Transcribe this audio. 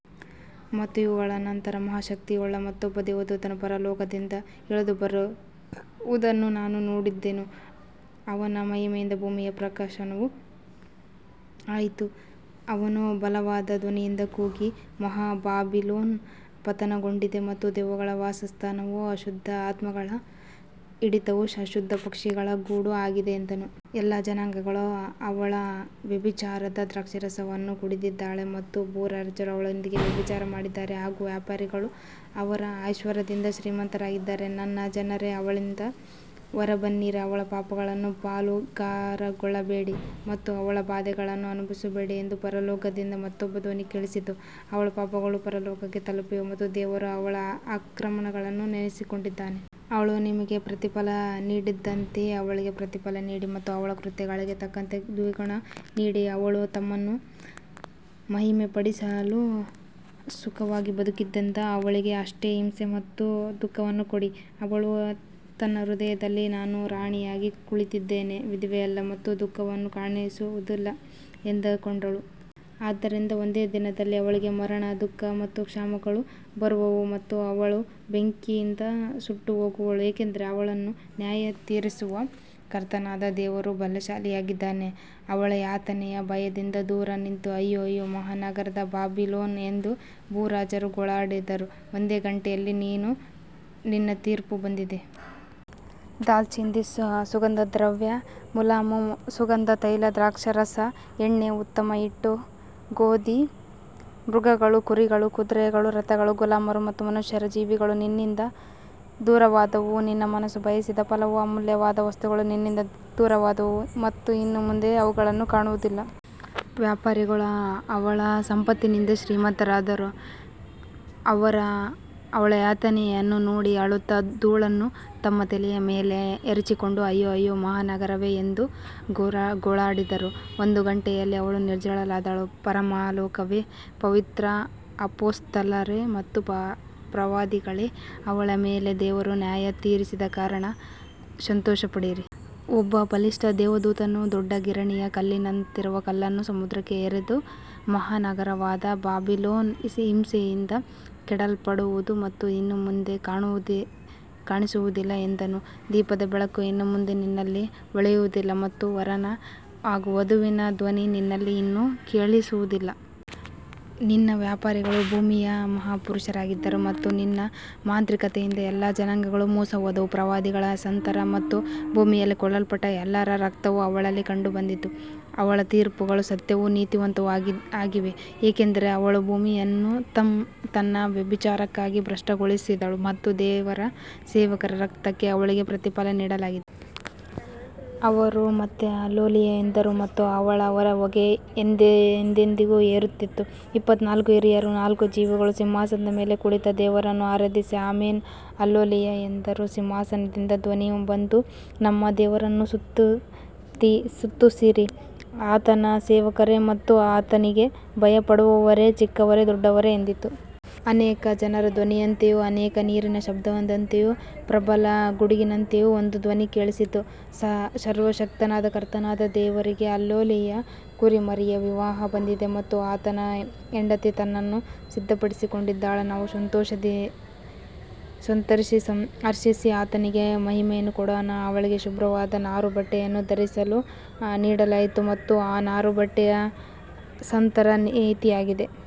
ಮತ್ತು ಇವುಗಳ ನಂತರ ಮಹಾ ಶಕ್ತಿಯುಳ್ಳ ಮತ್ತೊಬ್ಬ ದೇವದೂತನು ಪರಲೋಕದಿಂದ ಇಳಿದುಬರುವುದನ್ನು ನಾನು ನೋಡಿದೆನು. ಅವನ ಮಹಿಮೆಯಿಂದ ಭೂಮಿಯು ಪ್ರಕಾಶಿಸಿತು. ಅವನು ಬಲವಾದ ಧ್ವನಿಯಿಂದ ಕೂಗಿ ಮಹಾ ಬಾಬಿಲೋನ್ ಪತನಗೊಂಡಿದೆ ಮತ್ತು ದೆವ್ವಗಳ ವಾಸಸ್ಥಾನವೂ ಅಶುದ್ಧ ಆತ್ಮಗಳ ಹಿಡಿತವೂ ಅಶುದ್ಧ ಪಕ್ಷಿಗಳ ಗೂಡೂ ಆಗಿದೆ ಎಂದನು. ಎಲ್ಲಾ ಜನಾಂಗಗಳು ಅವಳ ವ್ಯಭಿಚಾರದ ದ್ರಾಕ್ಷಾರಸವನ್ನು ಕುಡಿದಿದ್ದಾರೆ ಮತ್ತು ಭೂರಾಜರು ಅವಳೊಂದಿಗೆ ವ್ಯಭಿಚಾರ ಮಾಡಿದ್ದಾರೆ ಹಾಗೂ ವ್ಯಾಪಾರಿಗಳು ಅವಳ ಐಶ್ವರ್ಯದಿಂದ ಶ್ರೀಮಂತರಾಗಿದ್ದಾರೆ. ನನ್ನ ಜನರೇ ಅವಳಿಂದ ಹೊರಬನ್ನಿರಿ, ಅವಳ ಪಾಪಗಳಲ್ಲಿ ಪಾಲುಗಾರರಾಗಬೇಡಿ ಮತ್ತು ಅವಳ ಬಾಧೆಗಳನ್ನು ಅನುಭವಿಸಬೇಡಿ ಎಂದು ಪರಲೋಕದಿಂದ ಮತ್ತೊಂದು ಧ್ವನಿ ಕೇಳಿಸಿತು. ಅವಳ ಪಾಪಗಳು ಪರಲೋಕಕ್ಕೆ ತಲುಪಿವೆ ಮತ್ತು ದೇವರು ಅವಳ ಅಕ್ರಮಗಳನ್ನು ನೆನಪಿಸಿಕೊಂಡಿದ್ದಾನೆ. ಅವಳು ನಿಮಗೆ ಪ್ರತಿಫಲ ನೀಡಿದಂತೆಯೇ ಅವಳಿಗೆ ಪ್ರತಿಫಲ ನೀಡಿ ಮತ್ತು ಅವಳ ಕೃತ್ಯಗಳಿಗೆ ತಕ್ಕಂತೆ ದ್ವಿಗುಣವಾಗಿ ನೀಡಿ. ಅವಳು ತನ್ನನ್ನು ಮಹಿಮೆಪಡಿಸಿಕೊಂಡು ಸುಖವಾಗಿ ಬದುಕಿದ್ದರಿಂದ ಅವಳಿಗೆ ಅಷ್ಟೇ ಹಿಂಸೆ ಮತ್ತು ದುಃಖವನ್ನು ಕೊಡಿ. ಅವಳು ತನ್ನ ಹೃದಯದಲ್ಲಿ ನಾನು ರಾಣಿಯಾಗಿ ಕುಳಿತಿದ್ದೇನೆ, ವಿಧವೆಯಲ್ಲ ಮತ್ತು ದುಃಖವನ್ನು ಕಾಣುವುದಿಲ್ಲ ಎಂದುಕೊಂಡಳು. ಆದ್ದರಿಂದ ಒಂದೇ ದಿನದಲ್ಲಿ ಅವಳಿಗೆ ಮರಣ ದುಃಖ ಮತ್ತು ಕ್ಷಾಮಗಳು ಬರುವವು ಮತ್ತು ಅವಳು ಬೆಂಕಿಯಿಂದ ಸುಟ್ಟುಹೋಗುವಳು, ಏಕೆಂದರೆ ಅವಳನ್ನು ನ್ಯಾಯತೀರಿಸುವ ಕರ್ತನಾದ ದೇವರು ಬಲಶಾಲಿಯಾಗಿದ್ದಾನೆ. ಅವಳ ಯಾತನೆಯ ಭಯದಿಂದ ದೂರ ನಿಂತು ಅಯ್ಯೋ ಅಯ್ಯೋ ಮಹಾ ನಗರವಾದ ಬಾಬಿಲೋನ್ ಎಂದು ಭೂರಾಜರು ಗೋಳಾಡುವರು. ಒಂದೇ ಗಂಟೆಯಲ್ಲಿ ನಿನ್ನ ತೀರ್ಪು ಬಂದಿದೆ. ದಾಲ್ಚಿನ್ನಿ ಸುಗಂಧದ್ರವ್ಯ ಮುಲಾಮು ಸುಗಂಧ ತೈಲ ದ್ರಾಕ್ಷಾರಸ ಎಣ್ಣೆ ಉತ್ತಮ ಹಿಟ್ಟು ಗೋಧಿ ಮೃಗಗಳು ಕುರಿಗಳು ಕುದುರೆಗಳು ರಥಗಳು ಗುಲಾಮರು ಮತ್ತು ಮನುಷ್ಯರ ಜೀವಗಳು ನಿನ್ನಿಂದ ದೂರವಾದವು. ನಿನ್ನ ಮನಸ್ಸು ಬಯಸಿದ ಫಲವೂ ಅಮೂಲ್ಯವಾದ ವಸ್ತುಗಳೂ ನಿನ್ನಿಂದ ದೂರವಾದವು ಮತ್ತು ಇನ್ನು ಮುಂದೆ ಅವುಗಳನ್ನು ಕಾಣುವುದಿಲ್ಲ. ವ್ಯಾಪಾರಿಗಳ ಅವಳ ಸಂಪತ್ತಿನಿಂದ ಶ್ರೀಮಂತರಾದರ ಅವರ ಅವಳ ಯಾತನೆಯನ್ನು ನೋಡಿ ಅಳುತ್ತಾ ಧೂಳನ್ನು ತಮ್ಮ ತಲೆಯ ಮೇಲೆ ಎರಚಿಕೊಂಡು ಅಯ್ಯೋ ಅಯ್ಯೋ ಮಹಾನಗರವೇ ಎಂದು ಗೋಳಾಡಿದರು. ಒಂದೇ ಗಂಟೆಯಲ್ಲಿ ಅವಳು ನಿರ್ಜನಳಾದಳು. ಪರಲೋಕವೇ, ಪವಿತ್ರ ಅಪೊಸ್ತಲರೇ ಮತ್ತು ಪ್ರವಾದಿಗಳೇ, ಅವಳ ಮೇಲೆ ದೇವರು ನ್ಯಾಯತೀರಿಸಿದ ಕಾರಣ ಸಂತೋಷಪಡಿರಿ. ಒಬ್ಬ ಬಲಿಷ್ಠ ದೇವದೂತನು ದೊಡ್ಡ ಗಿರಣಿಯ ಕಲ್ಲಿನಂತಿರುವ ಕಲ್ಲನ್ನು ಸಮುದ್ರಕ್ಕೆ ಎಸೆದು, ಮಹಾ ನಗರವಾದ ಬಾಬಿಲೋನ್ ಹಿಂಸೆಯಿಂದ ಕೆಡವಲ್ಪಡುವುದು ಮತ್ತು ಇನ್ನು ಮುಂದೆ ಕಾಣಿಸುವುದಿಲ್ಲ ಎಂದನು. ದೀಪದ ಬೆಳಕು ಇನ್ನು ಮುಂದೆ ನಿನ್ನಲ್ಲಿ ಹೊಳೆಯುವುದಿಲ್ಲ ಮತ್ತು ವರನ ಹಾಗೂ ವಧುವಿನ ಧ್ವನಿ ನಿನ್ನಲ್ಲಿ ಇನ್ನು ಕೇಳಿಸುವುದಿಲ್ಲ. ನಿನ್ನ ವ್ಯಾಪಾರಿಗಳು ಭೂಮಿಯ ಮಹಾಪುರುಷರಾಗಿದ್ದರು ಮತ್ತು ನಿನ್ನ ಮಾಂತ್ರಿಕತೆಯಿಂದ ಎಲ್ಲಾ ಜನಾಂಗಗಳು ಮೋಸಹೋದವು. ಪ್ರವಾದಿಗಳ ಸಂತರ ಮತ್ತು ಭೂಮಿಯಲ್ಲಿ ಕೊಲ್ಲಲ್ಪಟ್ಟ ಎಲ್ಲರ ರಕ್ತವು ಅವಳಲ್ಲಿ ಕಂಡುಬಂದಿತು. ಅವಳ ತೀರ್ಪುಗಳು ಸತ್ಯವೂ ನೀತಿವಂತವೂ ಆಗಿವೆ, ಏಕೆಂದರೆ ಅವಳು ಭೂಮಿಯನ್ನು ತನ್ನ ವ್ಯಭಿಚಾರದಿಂದ ಭ್ರಷ್ಟಗೊಳಿಸಿದ್ದಳು ಮತ್ತು ದೇವರ ಸೇವಕರ ರಕ್ತಕ್ಕೆ ಅವಳಿಗೆ ಪ್ರತಿಫಲ ನೀಡಲಾಗಿದೆ. ಅವರು ಮತ್ತೆ ಅಲ್ಲೆಲೂಯಾ ಎಂದರು ಮತ್ತು ಅವಳ ಹೊಗೆ ಎಂದೆಂದಿಗೂ ಏರುತ್ತಿತ್ತು. ಇಪ್ಪತ್ತನಾಲ್ಕು ಹಿರಿಯರೂ ನಾಲ್ಕು ಜೀವಿಗಳೂ ಸಿಂಹಾಸನದ ಮೇಲೆ ಕುಳಿತ ದೇವರನ್ನು ಆರಾಧಿಸಿ ಆಮೆನ್ ಅಲ್ಲೆಲೂಯಾ ಎಂದರು. ಸಿಂಹಾಸನದಿಂದ ಧ್ವನಿ ಬಂದು ನಮ್ಮ ದೇವರನ್ನು ಸ್ತುತಿಸಿರಿ, ಆತನ ಸೇವಕರೇ ಮತ್ತು ಆತನಿಗೆ ಭಯಪಡುವವರೇ, ಚಿಕ್ಕವರೇ ದೊಡ್ಡವರೇ ಎಂದಿತು. ಅನೇಕ ಜನರ ಧ್ವನಿಯಂತೆಯೂ ಅನೇಕ ನೀರಿನ ಶಬ್ದದಂತೆಯೂ ಪ್ರಬಲ ಗುಡುಗಿನಂತೆಯೂ ಒಂದು ಧ್ವನಿ ಕೇಳಿಸಿತು. ಸರ್ವಶಕ್ತನಾದ ಕರ್ತನಾದ ದೇವರಿಗೆ ಅಲ್ಲೆಲೂಯಾ, ಕುರಿಮರಿಯ ವಿವಾಹ ಬಂದಿದೆ ಮತ್ತು ಆತನ ಹೆಂಡತಿ ತನ್ನನ್ನು ಸಿದ್ಧಪಡಿಸಿಕೊಂಡಿದ್ದಾಳೆ. ನಾವು ಸಂತೋಷಿಸಿ ಹರ್ಷಿಸಿ ಆತನಿಗೆ ಮಹಿಮೆಯನ್ನು ಕೊಡೋಣ. ಅವಳಿಗೆ ಶುಭ್ರವಾದ ನಾರುಬಟ್ಟೆಯನ್ನು ಧರಿಸಲು ನೀಡಲಾಯಿತು ಮತ್ತು ಆ ನಾರುಬಟ್ಟೆಯು ಸಂತರ ನೀತಿಯಾಗಿದೆ.